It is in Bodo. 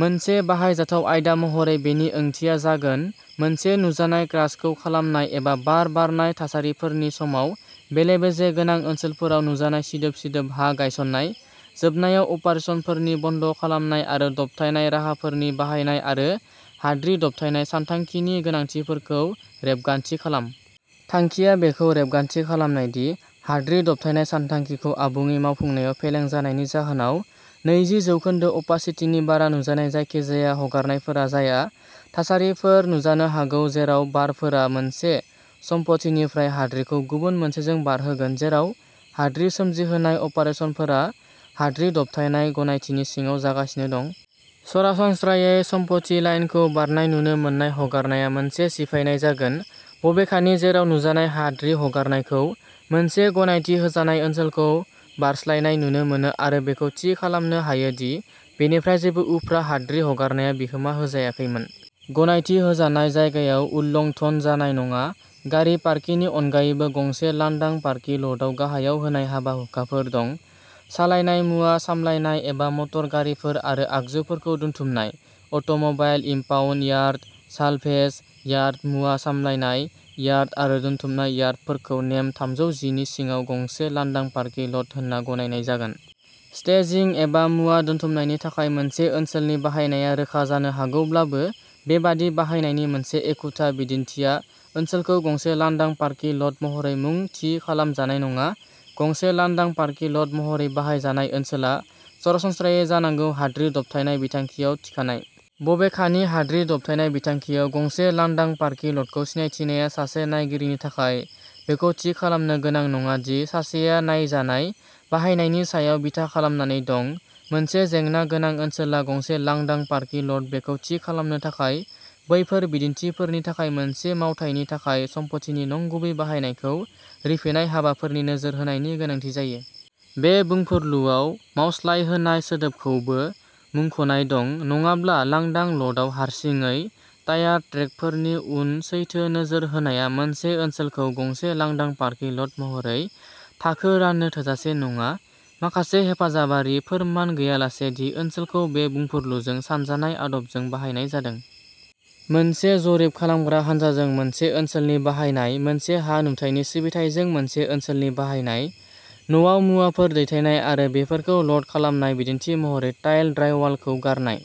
मोनसे बाहायजाथाव आयदा महरै बेनि ओंथिया जागोन मोनसे नुजानाय क्रास्टखौ सामलायनाय एबा बार बारनाय थासारिफोरनि समाव बेले-बेजे गोनां ओनसोलफोराव नुजानाय सिदोब-सिदोब हा गायसन्नाय। जोबनायाव अपारेसनफोरनि बन्द' खालामनाय आरो दबथायनाय राहाफोरनि बाहायनाय आरो हाद्रि दबथायनाय सानथांखिनि गोनांथिफोरखौ रेबगान्थि खालाम। थांखिया बेखौ रेबगान्थि खालामनाय दि हाद्रि दबथायनाय सानथांखिखौ आबुङै मावफुंनायाव फेलें जानायनि जाहोनाव नैजि जौखोन्दो अपासिटिनि बारा नुजानाय जायखिजाया हगारनायफोरा जाया। थासारिफोर नुजानो हागौ जेराव बारफोरा मोनसे सम्पथिनिफ्राय हाद्रिखौ गुबुन मोनसेजों बारहोगोन जेराव हाद्रि सोमजिहोनाय अपारेसनफोरा हाद्रि दबथायनाय गनायथिनि सिङाव जागासिनो दं। सरासनस्रायै सम्पथि लाइनखौ बारनाय नुनो मोननाय हगारनाया मोनसे सिफायनाय जागोन। बबेखानि जेराव नुजानाय हाद्रि हगारनायखौ मोनसे गनायथि होजानाय ओनसोलखौ बारस्लायनाय नुनो मोनो आरो बेखौ थि खालामनो हायो दि बेनिफ्राय जेबो उफ्रा हाद्रि हगारनाया बिहोमा होजायाखैमोन। गनायथि होजानाय जायगायाव उल्लंधन जानाय नङा। गारि पार्किंनि अनगायैबो गंसे लांदां पार्किं ल'टआव गाहायाव होनाय हाबा-हुखाफोर दं, सालायनाय, मुवा सामलायनाय एबा मटर गारिफोर आरो आगजुफोरखौ दोनथुमनाय। Automobile impound yard, salvage yard, मुवा सामलायनाय यार्ड आरो दोनथुमनाय यार्डफोरखौ नेम थामजौ जि नि सिङाव गंसे लांदां पार्किं ल'ट होनना गनायनाय जागोन। स्टेजिं एबा मुवा दोनथुमनायनि थाखाय मोनसे ओनसोलनि बाहायनाया रोखा जानो हागौब्लाबो बेबादि बाहायनायनि मोनसे एखुथा बिदिन्थिआ ओनसोलखौ गंसे लांदां पार्किं ल'ट महरै मुं थि खालाम जानाय नङा। गंसे लांदां पार्किं ल'ट महरै बाहायजानाय ओनसोला सरासनस्रायै जानांगौ हाद्रि दबथायनाय बिथांखियाव थिखानाय। बबेखानि हाद्रि दबथायनाय बिथांखियाव गंसे लांदां पार्किं ल'टखौ सिनायथिनाया सासे नायगिरिनि थाखाय बेखौ थि खालामनो गोनां नङा दि सासेआ नायजानाय बाहायनायनि सायाव बिथा खालामनानै दं। मोनसे जेंना गोनां ओनसोला गंसे लांदां पार्किं ल'ट बेखौ थि खालामनो थाखाय बैफोर बिदिन्थिफोरनि थाखाय मोनसे मावथायनि थाखाय सम्पथिनि नंगुबै बाहायनायखौ रिफिनाय हाबाफोरनि नोजोर होनायनि गोनांथि जायो। बे बुंफुरलुआव "मावस्लायहोनाय" सोदोबखौबो मुंख'नाय दं। नङाब्ला लांदां ल'टआव हारसिङै टायार ट्रेकफोरनि उन सैथो नोजोर होनाया मोनसे ओनसोलखौ गंसे लांदां पार्किं ल'ट महरै थाखो राननो थोजासे नङा माखासे हेफाजाबारि फोरमान गैयालासे दि ओनसोलखौ बे बुंफुरलुजों सानजानाय आदबजों बाहायनाय जादों। मोनसे जरिब खालामग्रा हान्जाजों मोनसे ओनसोलनि बाहायनाय। मोनसे हा-नुथायनि सिबिथाइजों मोनसे ओनसोलनि बाहायनाय। न'आव मुवाफोर दैथायनाय आरो बेफोरखौ ल'ड खालामनाय बिदिन्थि महरै टाइल, ड्राइवालखौ गारनाय।